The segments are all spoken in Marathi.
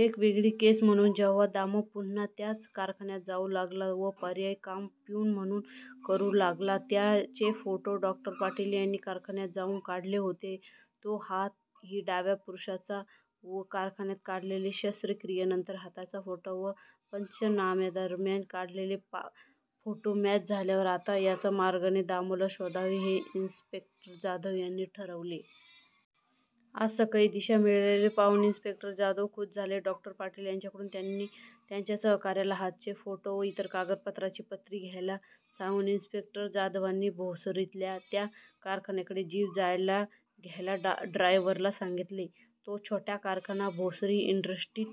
एक वेगळी केस म्हणुन जेव्हा दामु पुन्हा त्याच कारखान्यात जाऊ लागला, व पर्यायी काम प्युन म्हणुन काम करु लागला त्याचे फोटो डॉ. पाटील यांनी त्या कारखान्यात जाऊन काढले होते. " तो हात " ही डावा, पुरूषाचा व कारखान्यात काढलेले शस्त्रक्रियेनंतरचे हाताचे फोटो व पंचनाम्यादरम्यान काढलेले फोटॉ मॅच झाल्यानंतर आता याच मार्गाने दामुला शोधावे हे इन्सपेक्टर जाधव यांनी ठरवले. आज सकाळी दिशा मिळालेली पाहुन इन्सपेक्टर जाधव खुष झाले. डॉ. पाटील यांच्याकडुन त्यांनी त्यांच्या सहकार्याला हातचे फोटो व इतर कागदपत्रांच्या प्रती घ्यायला सांगुन इन्सपेक्टर जाधवांनी भोसरीतल्या त्या कारखान्याकडे जीप घ्यायला ड्रायव्हरला सांगीतले. तो छोटासा कारखाना भोसरी इंडस्ट्रीयल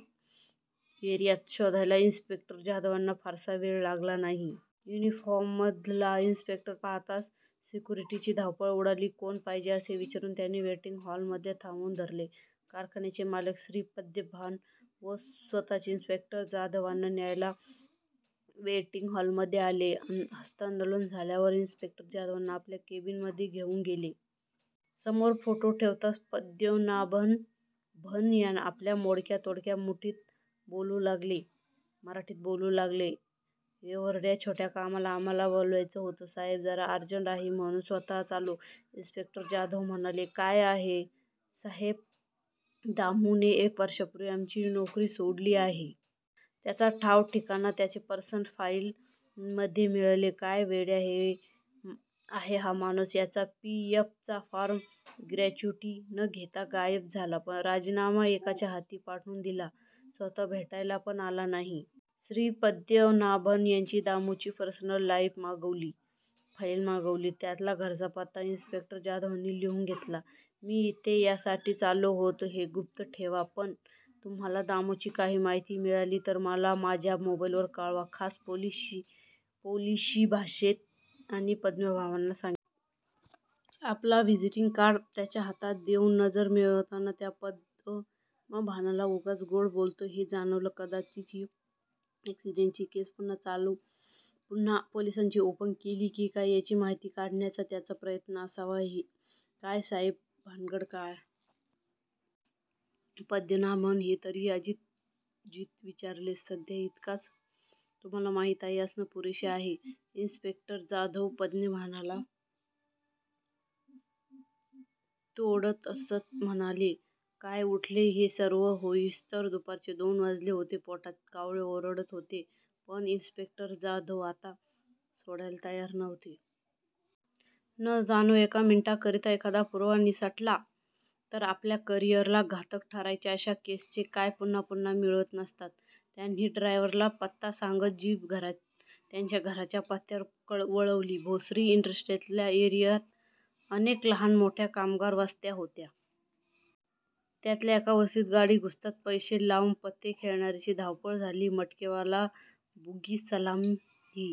एरीयात शोधायला इन्सपेक्टर जाधवांना फारसा वेळ लागला नाही. युनीफार्ममधला इन्सपेक्टर पहाताच सिक्युरीटीची धावपळ उडाली. कोण पाहिजे असे विचारुन त्यांना वेटींग हॉल मध्येच थांबवुन धरले. कारखान्याचे मालक श्री पद्मनाभन स्वतः इन्सपेक्टर जाधवांना न्यायला वेटींग हॉलमधे आले. ह्स्तांदोलन झाल्यावर इन्सपेक्टर जाधवांना आपल्या केबीनमध्ये घेऊन गेले. समोर फोटो ठेवताच पद्मनाभन आपल्या मोडक्या तोडक्या मराठीत बोलु लागले " येव्हड्या छोट्या कामाला आम्हाला बोलवयच होत साहेब". "जरा अर्जंट आहे म्हणुन स्वतःच आलो "इन्सपेक्टर जाधव म्हणाले. " काय आहे साहेब दामु ने एक वर्षापुर्वी आमची नोकरी सोडली आहे. त्याचा ठाव ठिकाणा त्याच्या पर्सनल फाईल मधे मिळेल. काय वेडा आहे हा माणुस. याचा पी. एफ. चा फॉर्म, ग्रॅच्युटी न घेताच गायब झाला. राजीनामा एकाच्या हाती पाठवुन दिला. स्वतः भेटायला पण नाही आला. श्री. पद्मनाभन यांनी दामुची पर्सनल फाईल मागवली. त्यातला घरचा पत्ता इन्सपेक्टर जाधवांनी लिहुन घेतला. "मी इथे याच्यासाठी आलो होतो हे गुप्त ठेवा पण तुम्हाला दामुची काही माहिती मिळालीतर मला माझ्या मोबाईलवर कळवा. " खास पोलीसी भाषेत त्यांनी पद्मनाभनला सांगीतले. आपल व्हिजीटींग कार्ड त्याच्या हातात देऊन नजर मिळवताना त्यांना पदमनाभन उगाचच गोड बोलतोय हे जाणवल. कदाचीत ही अॅक्सीडेंट्ची केस पुन्हा पोलीसांनी ओपन केली की काय याची माहिती काढण्याचा त्याचा प्रयत्न असावा "काय साहेब भानगड काय? " पद्मनाभन ने तरीही अजिजीत विचारले. "सध्या इतकच तुम्हाला माहित असण पुरेसे आहे" इन्सपेक्टर जाधव पद्मनाभनला तोडत हसत म्हणाले आणि उठले. हे सर्व होईस्त्वर दुपारचे दोन वाजले होते. पोटात कावळे ओरडत होते पण इन्सपेक्टर जाधव आता सोडायला तयार नव्हते. न जाणो एका मिनीटाकरता एखादा पुरावा निसटला तर आपल्या करीयरला घातक ठरायचे. अश्या केसेस काय पुन्हा पुन्हा मिळत नसतात. त्यांनी ड्रायव्हरला पत्ता सांगत जीप त्याच्या घराच्या पत्यावर वळवली. भोसरी इंडस्ट्रीयल एरीयात अनेक लहान मोठ्या कामगार वस्त्या होत्या. त्यातल्या एका वस्तीत गाडी घुसताच पैसे लाऊन पत्ते खेळणार्यांची धावपळ झाली. मटकेवाला बुकी सलमान ही